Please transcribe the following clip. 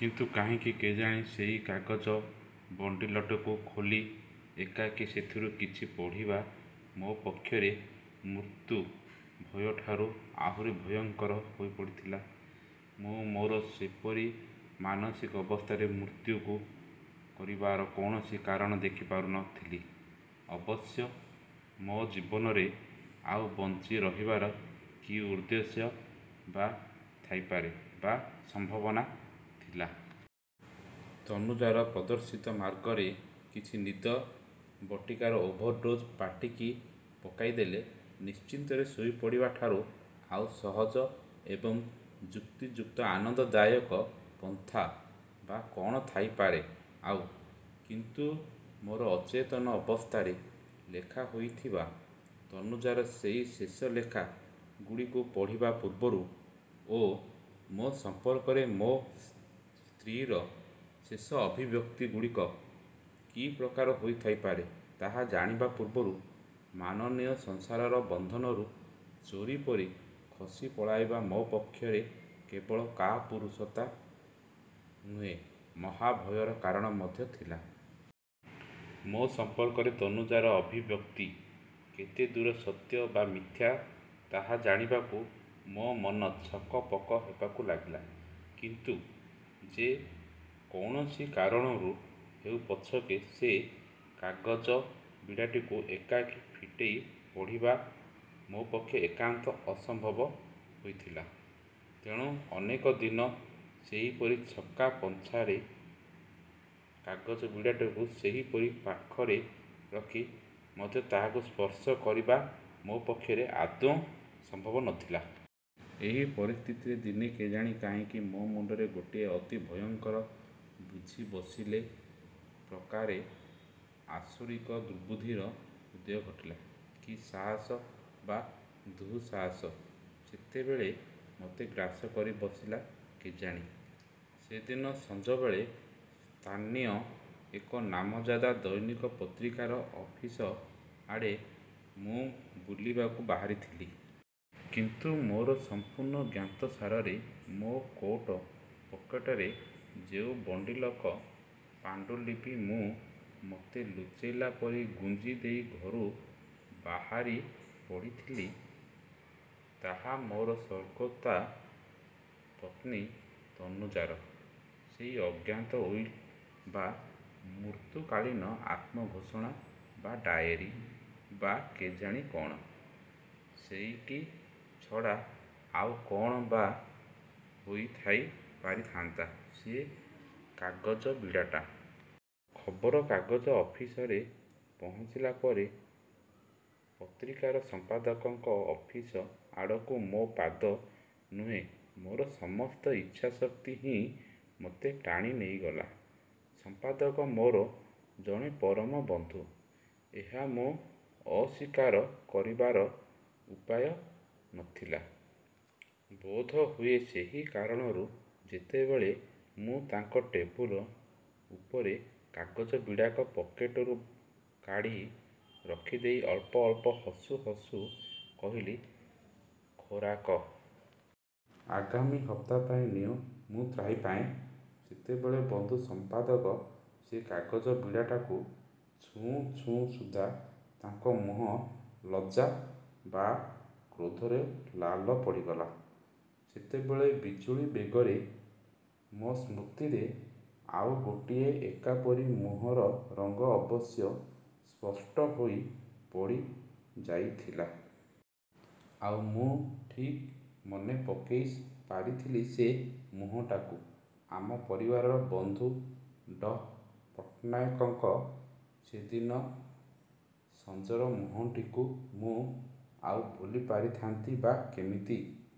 କିନ୍ତୁ କାହିଁକି କେଜାଣି ସେଇ କାଗଜ ବଣ୍ଡିଲଟିକୁ ଖୋଲି ଏକାକୀ ସେଥିରୁ କିଛି ପଢ଼ିବା ମୋ ପକ୍ଷରେ ମୃତ୍ୟୁ ଭୟଠାରୁ ଆହୁରି ଭୟଙ୍କର ହୋଇ ପଡ଼ିଥିଲା। ମୁଁ ମୋର ସେପରି ମାନସିକ ଅବସ୍ଥାରେ ମୃତ୍ୟୁକୁ କରିବାର କୌଣସି କାରଣ ଦେଖିପାରୁ ନ ଥିଲି ଅବଶ୍ୟ। ମୋ ଜୀବନରେ ଆଉ ବଞ୍ଚି ରହିବାର କି ଉଦ୍ଦେଶ୍ୟ ବା ଥାଇପାରେ ବା ସମ୍ଭାବନା ଥିଲା। ତନୁଜାର ପ୍ରଦର୍ଶିତ ମାର୍ଗରେ କିଛି ନିଦ ବଟିକାର ଓଭରଡୋଜ୍ ପାଟିକି ପକେଇଦେଲେ ନିଶ୍ଚିନ୍ତରେ ଶୋଇପଡ଼ିବାଠାରୁ ଆଉ ସହଜ ଏବଂ ଯୁକ୍ତିଯୁକ୍ତ ଆନନ୍ଦ ଦାୟକ ପନ୍ଥା ବା କ'ଣ ଥାଇପାରେ ଆଉ। କିନ୍ତୁ ମୋର ଅଚେତନ ଅବସ୍ଥାରେ ଲେଖା ହୋଇଥିବା ତନୁଜାର ସେଇ ଶେଷ ଲେଖା ଗୁଡ଼ିକୁ ପଢ଼ିବା ପୂର୍ବରୁ ଓ ମୋ ସମ୍ପର୍କରେ ମୋ ସ୍ତ୍ରୀର ଶେଷ ଅଭିବ୍ୟକ୍ତି ଗୁଡ଼ିକ କି ପ୍ରକାର ହୋଇ ଥାଇପାରେ ତାହା ଜାଣିବା ପୂର୍ବରୁ ମାନନୀୟ ସଂସାରର ବନ୍ଧନରୁ ଚୋରି ପରି ଖସି ପଳାଇବା ମୋ ପକ୍ଷରେ କେବଳ କାପୁରୁଷତା ନୁହେଁ ମହାଭୟର କାରଣ ମଧ୍ୟ ଥିଲା। ମୋ ସମ୍ପର୍କରେ ତନୁଜାର ଅଭିବ୍ୟକ୍ତି କେତେଦୂର ସତ୍ୟ ବା ମିଥ୍ୟା ତାହା ଜାଣିବାକୁ ମୋ ମନ ଛକପକ ହେବାକୁ ଲାଗିଲା। କିନ୍ତୁ ଯେ କୌଣସି କାରଣରୁ ହେଉ ପଛକେ ସେ କାଗଜ ବିଡ଼ାଟିକୁ ଏକାକୀ ଫିଟେଇ ପଢ଼ିବା ମୋ ପକ୍ଷେ ଏକାନ୍ତ ଅସମ୍ଭବ ହୋଇଥିଲା। ତେଣୁ ଅନେକ ଦିନ ସେହିପରି ଛକା ପଞ୍ଚାରେ କାଗଜ ବିଡ଼ାଟାକୁ ସେହିପରି ପାଖରେ ରଖି ମଧ୍ୟ ତାହାକୁ ସ୍ପର୍ଶ କରିବା ମୋ ପକ୍ଷରେ ଆଦୌ ସମ୍ଭବ ନଥିଲା। ଏହି ପରିସ୍ଥିତିରେ ଦିନେ କେଜାଣି କାହିଁକି ମୋ ମୁଣ୍ଡରେ ଗୋଟିଏ ଅତି ଭୟଙ୍କର, ବୁଝିବସିଲେ ପ୍ରକାରେ ଆସୁରିକ ଦୁର୍ବୁଦ୍ଧିର ଉଦୟ ଘଟିଲା। କି ସାହସ ବା ଦୁଃସାହସ ସେତେବେଳେ ମତେ ଗ୍ରାସ କରି ବସିଲା କେଜାଣି। ସେଦିନ ସଞ୍ଜବେଳେ ସ୍ଥାନୀୟ ଏକ ନାମଜାଦା ଦୈନିକ ପତ୍ରିକାର ଅଫିସ ଆଡ଼େ ମୁଁ ବୁଲିବାକୁ ବାହାରିଥିଲି। କିନ୍ତୁ ମୋର ସମ୍ପୂର୍ଣ୍ଣ ଜ୍ଞାତସାରରେ ମୋ କୋଟ ପକେଟରେ ଯେଉଁ ବଣ୍ଡିଲକ ପାଣ୍ଡୁଲିପି ମୁଁ ମତେ ଲୁଚେଇଲା ପରି ଗୁଞ୍ଜିଦେଇ ଘରୁ ବାହାରି ପଡ଼ିଥିଲି, ତାହା ମୋର ସ୍ଵର୍ଗତା ପତ୍ନୀ ତନୁଜାର ସେଇ ଅଜ୍ଞତ ଉଇଲ୍ ବା ମୃତ୍ୟୁକାଳୀନ ଆତ୍ମଘୋଷଣା ବା ଡାଏରୀ ବା କେଜାଣି କ'ଣ-ସେଇଟି ଛଡ଼ା ଆଉ କ'ଣ ବା ହୋଇଥାଇ ପାରିଥାନ୍ତା ସେ କାଗଜ ବିଡ଼ାଟା। ଖବର କାଗଜ ଅଫିସରେ ପହଞ୍ଚିଲା ପରେ ପତ୍ରିକାର ସମ୍ପାଦକଙ୍କ ଅଫିସ ଆଡ଼କୁ ମୋ ପାଦ ନୁହେଁ ମୋର ସମସ୍ତ ଇଚ୍ଛା ଶକ୍ତି ହିଁ ମତେ ଟାଣି ନେଇଗଲା। ସମ୍ପାଦକ ମୋର ଜଣେ ପରମ ବନ୍ଧୁ-ଏହା ମୁଁ ଅସ୍ଵୀକାର କରିବାର ଉପାୟ ନ ଥିଲା। ବୋଧହୁଏ ସେହି କାରଣରୁ ଯେତେବେଳେ ମୁଁ ତାଙ୍କ ଟେବୁଲ ଉପରେ କାଗଜବିଡ଼ାକ ପକେଟରୁ କାଢ଼ି ରଖିଦେଇ ଅଳ୍ପ ଅଳ୍ପ ହସୁ ହସୁ କହିଲି-ଖୋରାକ! -ଆଗାମୀ ହପ୍ତା ପାଇଁ। ନିଅ। ମୁଁ ତ୍ରାହି ପାଏଁ। ସେତେବେଳେ ବନ୍ଧୁ ସମ୍ପାଦକ ସେ କାଗଜ ବିଡ଼ାଟାକୁ ଛୁଉଁ ଛୁଉଁ ସୁଦ୍ଧା ତାଙ୍କ ମୁହଁ ଲଜ୍ଜା ବା କ୍ରୋଧରେ ଲାଲ ପଡ଼ିଗଲା। ସେତେବେଳେ ବିଜୁଳି ବେଗରେ ମୋ ସ୍ମୃତିରେ ଆଉ ଗୋଟିଏ ଏକାପରି ମୁହଁର ରଙ୍ଗ ଅବଶ୍ୟ ସ୍ପଷ୍ଟ ହୋଇ ପଡ଼ି ଯାଇଥିଲା। ଆଉ, ମୁଁ ଠିକ୍ ମନେ ପକେଇ ପାରିଥିଲି ସେ ମୁହଁଟାକୁ। ଆମ ପରିବାରର ବନ୍ଧୁ ଡଃ ପଟ୍ଟନାୟକଙ୍କ ସେଦିନ ସଞ୍ଜର ମୁହଁଟିକୁ ମୁଁ ଆଉ ଭୁଲିପାରିଥାନ୍ତି ବା କେମିତି?